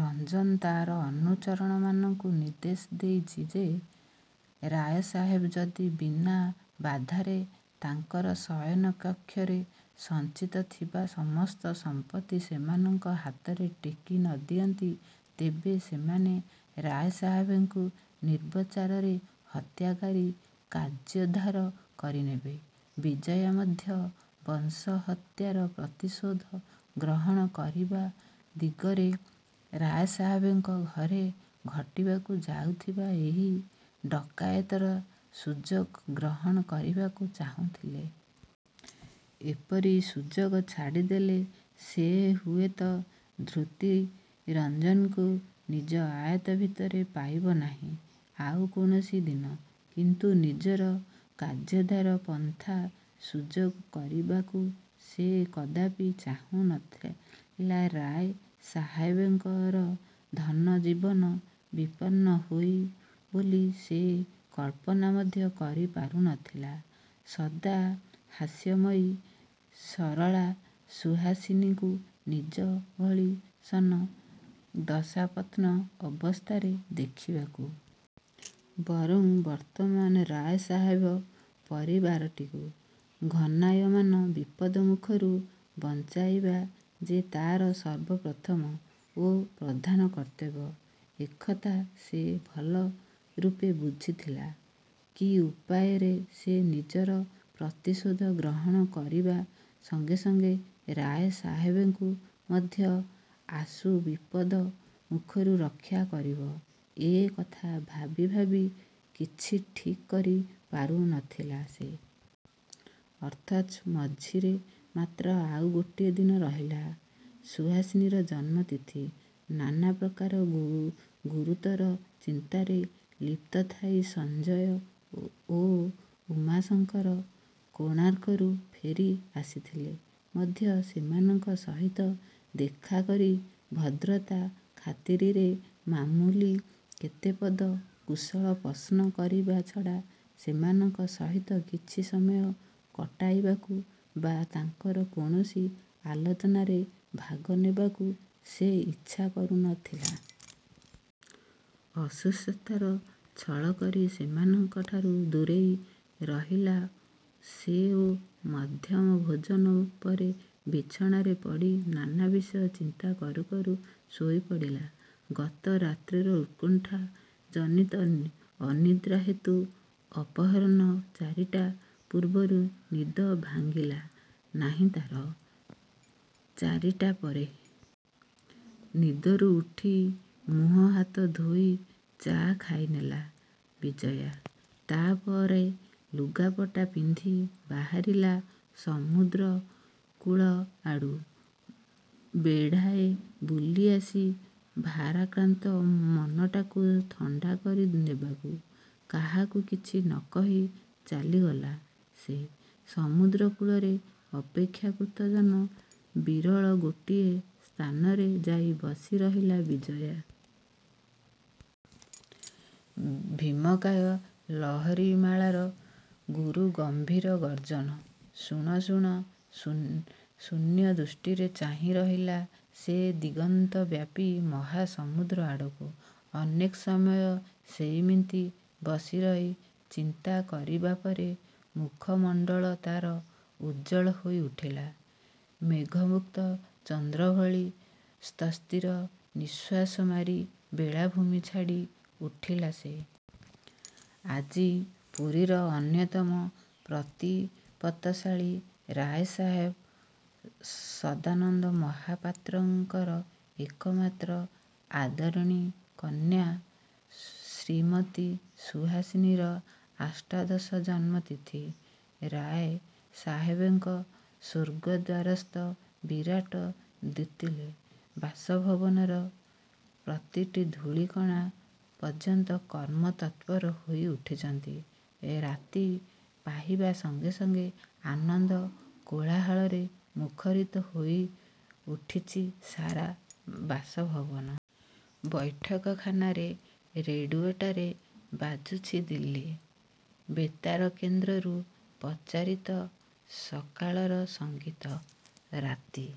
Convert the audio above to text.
ରଞ୍ଜନ ତାର ଅନୁଚରମାନଙ୍କୁ ନିର୍ଦ୍ଦେଶ ଦେଇଚି ଯେ ରାୟସାହେବ ଯଦି ବିନା ବାଧାରେ ତାଙ୍କର ଶୟନ କକ୍ଷରେ ସଞ୍ଚିତ ଥିବା ସମସ୍ତ ସମ୍ପତ୍ତି ସେମାନଙ୍କ ହାତରେ ଟେକି ନ ଦିଅନ୍ତି ତେବେ ସେମାନେ ରାୟସାହେବଙ୍କୁ ନିର୍ବିଚାରରେ ହତ୍ୟାକରି କାର୍ଯ୍ୟୋଦ୍ଧାର କରିନେବେ। ବିଜୟା ମଧ୍ୟ ବଂଶହତ୍ୟାର ପ୍ରତିଶୋଧ ଗ୍ରହଣ କରିବା ଦିଗରେ ରାୟସାହେବଙ୍କ ଘରେ ଘଟିବାକୁ ଯାଉଥିବା ଏଇ ଡକାୟତିର ସୁଯୋଗ ଗ୍ରହଣ କରିବାକୁ ଚାହୁଁ ଥିଲା। ଏପରି ସୁଯୋଗ ଛାଡ଼ିଦେଲ ସେ ହୁଏତ ଧୂର୍ତ୍ତ ରଞ୍ଜନକୁ ନିଜ ଆୟତ୍ତ ଭିତରେ ପାଇବ ନାହିଁ ଆଉ କୌଣସି ଦିନ। କିନ୍ତୁ ନିଜର କାର୍ଯ୍ୟୋଦ୍ଧାର ପନ୍ଥା ସୁଯୋଗ କରିବାକୁ ସେ କଦାପି ଚାହୁଁ ନ ଥିଲା ରାୟ ସାହେବଙ୍କର ଧନ-ଜୀବନ ବିପନ୍ନ ହେଉ ବୋଲି। ସେ କଳ୍ପନା ମଧ୍ୟ କରି ପାରୁ ନ ଥିଲା ସଦା ହାସ୍ୟମୟୀ ସରଳା ସୁହାସିନୀକୁ ନିଜ ଭଳି ସମ-ଦଶାପନ୍ନ ଅବସ୍ଥାରେ ଦେଖିବାକୁ! ବରଂ ବର୍ତ୍ତମାନ ରାୟ ସାହେବ ପରିବାରଟିକୁ ଘନାୟମାନ ବିପଦ ମୁଖରୁ ବଂଚାଇବା ଯେ ତାର ସର୍ବପ୍ରଥମ ଓ ପ୍ରଧାନ କର୍ତ୍ତବ୍ୟ, ଏକଥା ସେ ଭଲ ରୂପେ ବୁଝୁଥିଲା। କି ଉପାୟରେ ସେ ନିଜର ପ୍ରତିଶୋଧ ଗ୍ରହଣ କରିବା ସଙ୍ଗେ ସଙ୍ଗେ ରାୟ ସାହେବଙ୍କୁ ମଧ୍ୟ ଆଶୁ ବିପଦ ମୁଖରୁ ରକ୍ଷା କରିବ, ଏ କଥା ଭାବି ଭାବି କିଛି ଠିକ୍ କରି ପାରୁ ନ ଥିଲା ସେ। ଅଥଚ ମଝିରେ ମାତ୍ର ଆଉ ଗୋଟିଏ ଦିନ ରହିଲା ସୁହାସିନୀର ଜନ୍ମ ତିଥି। ନାନା ପ୍ରକାର ଗୁରୁତର ଚିନ୍ତାରେ ଲୁପ୍ତଥାଇ ସଞ୍ଜୟ ଓ ଉମାଶଙ୍କର କୋଣାର୍କରୁ ଫେରି ଆସିଥିଲେ ମଧ୍ୟ ସେମାନଙ୍କ ସହିତ ଦେଖା କରି ଭଦ୍ରତା ଖାତିରିରେ ମାମୁଲି କେତେ ପଦ କୁଶଳ ପ୍ରଶ୍ନ କରିବା ଛଡ଼ା ସେମାନଙ୍କ ସହିତ କିଛି ସମୟ କଟାଇବାକୁ ବା ତାଙ୍କର କୌଣସି ଆଲୋଚନାରେ ଭାଗ ନେବାକୁ ସେ ଇଚ୍ଛାକରୁ ନ ଥିଲା। ଅସୁସ୍ଥତାର ଛଳକରି ସେମାନଙ୍କ ଠାରୁ ଦୂରରେ ରହିଲା ସେ ଓ ମଧ୍ୟାହ୍ନଭୋଜନ ପରେ ବିଛଣାରେ ପଡ଼ି ନାନା ବିଷୟ ଚିନ୍ତା କରୁ କରୁ ଶୋଇ ପଡ଼ିଲା। ଗତ ରାତ୍ରର ଉତ୍କଣ୍ଠା ଜନିତ ଅନିଦ୍ରା ହେତୁ ଅପରାହ୍ନ ଚାରିଟା ପୂର୍ବରୁ ନିଦ ଭାଙ୍ଗଲା ନାହିଁ ତା'ର। ଚାରିଟାପରେ……। ନିଦରୁ ଉଠି ମୁହଁ ହାତ ଧୋଇ ଚା' ଖାଇନେଲା ବିଜୟା। ତା'ପରେ ଲୁଗାପଟା ପିନ୍ଧି ବାହାରିଲା ସମୁଦ୍ରକୂଳ ଆଡ଼ୁ ବେଢ଼ାଏ ବୁଲି ଆସି ଭାରାକାନ୍ତ ମନଟାକୁ ଥଣ୍ତାକରି ନେବାକୁ। କାହାକୁ କିଛି ନ କହି ଚାଲିଗଲା ସେ। ସମୁଦ୍ର କୂଳରେ ଅପେକ୍ଷାକୃତ ଜନ ବିରଳ ଗୋଟିଏ ସ୍ଥାନରେ ଯାଇ ବସି ରହିଲା ବିଜୟା। ଭୀମକାୟ ଲହରୀମାଳାର ଗୁରୁଗମ୍ଭୀର ଗର୍ଜନ ଶୁଣୁ ଶୁଣୁ ଶୂନ୍ୟ ଦୃଷ୍ଟିରେ ଚାହିଁ ରହିଲା ସେ ଦିଗନ୍ତ ବ୍ୟାପି ମହା ସମୁଦ୍ର ଆଡ଼କୁ। ଅନେକ ସମୟ ସେଇମିତି ବସିରହି ଚିନ୍ତା କରିବା ପରେ ମୁଖମଣ୍ତଳ ତା'ର ଉଜ୍ଜ୍ୱଳ ହୋଇ ଉଠିଲା—ମେଘମୁକ୍ତ ଚନ୍ଦ୍ରଭଳି। ସ୍ଵସ୍ତିର ନିଶ୍ଵାସ ମାରି ବେଳାଭୂମି ଛାଡ଼ି ଉଠିଲା ସେ। ଆଜି ପୁରୀର ଅନ୍ୟତମ ପ୍ରତିପତ୍ତଶାଳୀ ରାୟସାହେବ ସଦାନନ୍ଦ ମହାପାତ୍ରଙ୍କର ଏକମାତ୍ର ଆଦରଣୀ କନ୍ୟା ଶ୍ରୀମତୀ ସୁହାସିନୀର ଆଷ୍ମାଦଶ ଜନ୍ମ ତିଥି। ରାୟ ସାହେବଙ୍କର ସ୍ଵର୍ଗଦ୍ଵାରସ୍ଥ ବିରାଟ ଦ୍ଵିତଲ ବାସଭବନର ପ୍ରତିଟି ଧୂଳିକଣା ପର୍ଯ୍ୟନ୍ତ କର୍ମ ତତ୍ପର। ହୋଇ ଉଠିଛନ୍ତି। ରାତି ପାହିବା ସଙ୍ଗେ ସଙ୍ଗେ ଆନନ୍ଦ କୋଳାହଳରେ ମୁଖରୀତ ହୋଇ ଉଠିଚି ସାରା ବାସଭବନ। ବୈଠକ ଖାନାରେ ରେଡ଼ିଓଟାରେ ବାଜୁଚି ଦିଲ୍ଲୀ ବେତାର କେନ୍ଦ୍ରରୁ ପ୍ରଚାରିତ ସକାଳର ସଂଗୀତ। ରାତି